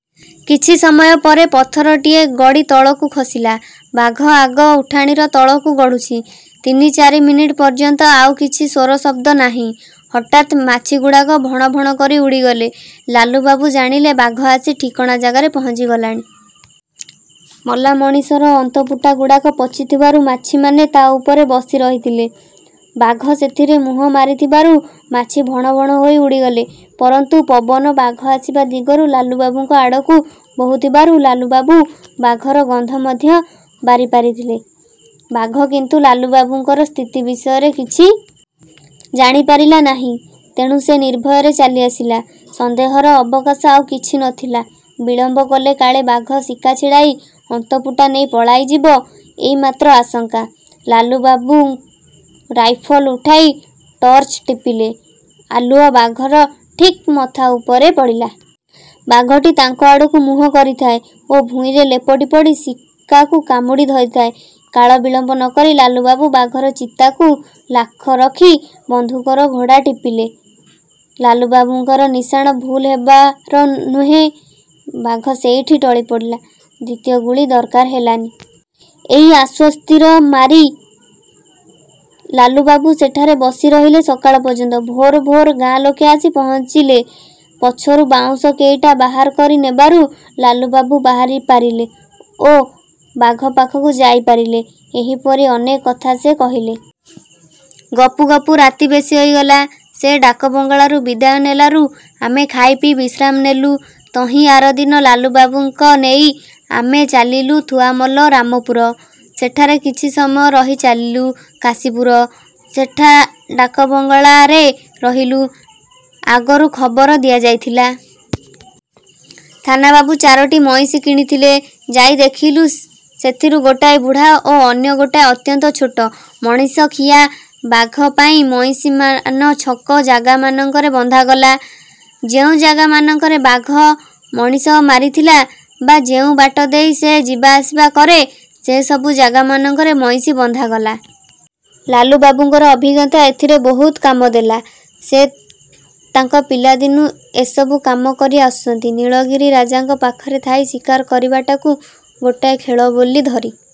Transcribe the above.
କିଛି ସମୟ ପରେ ପଥରଟିଏ ଗଡ଼ି ତଳକୁ ଖସିଲା। ବାଘ ଆଗ ଉଠାଣିର ତଳକୁ ଗଡ଼ୁଛି। ତିନି ଚାରି ମିନିଟ ପର୍ଯ୍ୟନ୍ତ ଆଉ କିଛି ସୋର ଶବ୍ଦ ନାହିଁ। ହଠାତ୍ ମାଛିଗୁଡ଼ାକ ଭଣ ଭଣ ହୋଇ ଉଡ଼ିଗଲେ। ଲାଲୁବାବୁ ଜାଣିଲେ ବାଘ ଆସି ଠିକଣା ଜାଗାରେ ପହଞ୍ଚିଗଲାଣି। ମଲାମଣିଷର ଅନ୍ତପୁଟାଗୁଡ଼ାକ ପଚିଥିବାରୁ ମାଛିମାନେ ତା' ଉପରେ ବସି ରହିଥିଲେ। ବାଘ ସେଥିରେ ମୁହଁ ମାରିବାରୁ ମାଛି ଭଣ ଭଣ ହୋଇ ଉଡ଼ିଗଲେ। ପରନ୍ତୁ ପବନ ବାଘ ଆସିବା ଦିଗରୁ ଳାଲୁବାବୁଙ୍କ ଆଡ଼କୁ ବହୁଥିବାରୁ ଲାଲୁବାବୁ ବାଘର ଗନ୍ଧ ମଧ୍ୟ ବାରିପାରିଥିଲେ। ବାଘ କିନ୍ତୁ ଲାଲୁବାବୁଙ୍କର ସ୍ଥିତି ବିଷୟରେ କିଛି। ଜାଣି ପାରିଲା ନାହିଁ। ତେଣୁ ସେ ନିର୍ଭୟରେ ଚାଲି ଆସିଲା। ସନ୍ଦେହର ଅବକାଶ ଆଉ କିଛି ନଥିଲା। ବିଳମ୍ବ କଲେ କାଳେ ବାଘ ଶିକା ଛିଡ଼ାଇ ଅନ୍ତପୁଟା ନେଇ ପଳାଇଯିବ-ଏଇ ମାତ୍ର ଆଶଙ୍କା। ଲାଲୁବାବୁ ରାଇଫଲ ଉଠାଇ ଟର୍ଚ୍ଚ ଟିପିଲେ। ଆଲୁଅ ବାଘର ଠିକ ମଥା ଉପରେ ପଡ଼ିଲା। ବାଘଟି ତାଙ୍କ ଆଡ଼କୁ ମୁହଁ କରିଥାଏ ଓ ଭୂଇଁରେ ଲେପଟି ପଡ଼ି ଶିକାକୁ କାମୁଡ଼ି ଧରିଥାଏ,। କାଳ ବିଳମ୍ବ ନକରି ଲାଲୁବାବୁ ବାଘର ଚିତାକୁ ଲାଖ ରଖି ବନ୍ଧୁକର ଘୋଡ଼ା ଟିପିଲେ। ଲାଲୁବାବୁଙ୍କର ନିଶାଣ ଭୁଲ ହେବାର ନୁହେଁ। ବାଘ ସେଇଠି ଟଳି ପଡ଼ିଲା। ଦ୍ୱିତୀୟ ଗୁଳି ଦରକାର ହେଲାନି। ଏକ ଆଶ୍ୱସ୍ତିର ମାରି ଲାଲୁବାବୁ ସେଠାରେ ବସି ରହିଲେ ସକାଳ ପର୍ଯ୍ୟନ୍ତ। ଭୋର ଭୋର ଗାଁ ଲୋକେ ଆସି ପହଁଞ୍ଚିଲେ। ପଛରୁ ବାଉଁଶ କେଇଟା ବାହାର କରି ନେବାରୁ ଲାଲୁବାବୁ ବାହାରି ପାରିଲେ ଓ ବାଘ ପାଖକୁ ଯାଇପାରିଲେ। ଏହିପରି ଅନେକ କଥା ସେ କହିଲେ। ଗପୁ ଗପୁ ରାତି ବେଶି ହୋଇଗଲା। ସେ ଡାକବଙ୍ଗଳାରୁ ବିଦାୟ ନେଲାରୁ ଆମେ ଖାଇ ପିଇ ବିଶ୍ରାମ ନେଲୁ। ତହିଁଆରଦିନ ଲାଲୁବାବୁଙ୍କ ନେଇ ଆମେ ଚାଲିଲୁ ଥୁଆମଲ ରାମପୁର। ସେଠାରେ କିଛି ସମୟ ରହି ଚାଲିଲୁ କାଶୀପୁର। ସେଠା ଡାକବଙ୍ଗଳାରେ ରହିଲୁ। ଆଗରୁ ଖବର ଦିଆଯାଇଥିଲା। ଥାନା ବାବୁ ଚାରୋଟି ମଇଁଷି କିଣି ରଖିଥିଲେ। ଯାଇ ଦେଖିଲୁ ସେଥିରୁ ଗୋଟାଏ ବୁଢ଼ା ଓ ଅନ୍ୟ ଗୋଟାଏ ଅତ୍ୟନ୍ତ ଛୋଟ। ମଣିଷଖିଆ ବାଘ ପାଇଁ ମଇଁଷିମାନ ଛକ ଜାଗାମାନଙ୍କରେ ବନ୍ଧାଗଲା। ଯେଉଁ ଜାଗାମାନଙ୍କରେ ବାଘ ମଣିଷ ମାରିଥିଲା ବା ଯେଉଁ ବାଟ ଦେଇ ସେ ଯିବାଆସିବା କରେ ସେ ସବୁ ଜାଗାମାନଙ୍କରେ ମଇଁଷି ବନ୍ଧାଗଲା। ଲାଲୁବାବୁଙ୍କର ଅଭିଜ୍ଞତା ଏଥିରେ ବହୁତ କାମ ଦେଲା। ସେ ତାଙ୍କ ପିଲା ଦିନୁ ଏସବୁ କାମ କରି ଆସୁଛନ୍ତି। ନୀଳଗିରି ରାଜାଙ୍କ ପାଖରେ ଥାଇ ଶିକାର କରିବାଟାକୁ ଗୋଟାଏ ଖେଳ ବୋଲି ଧରି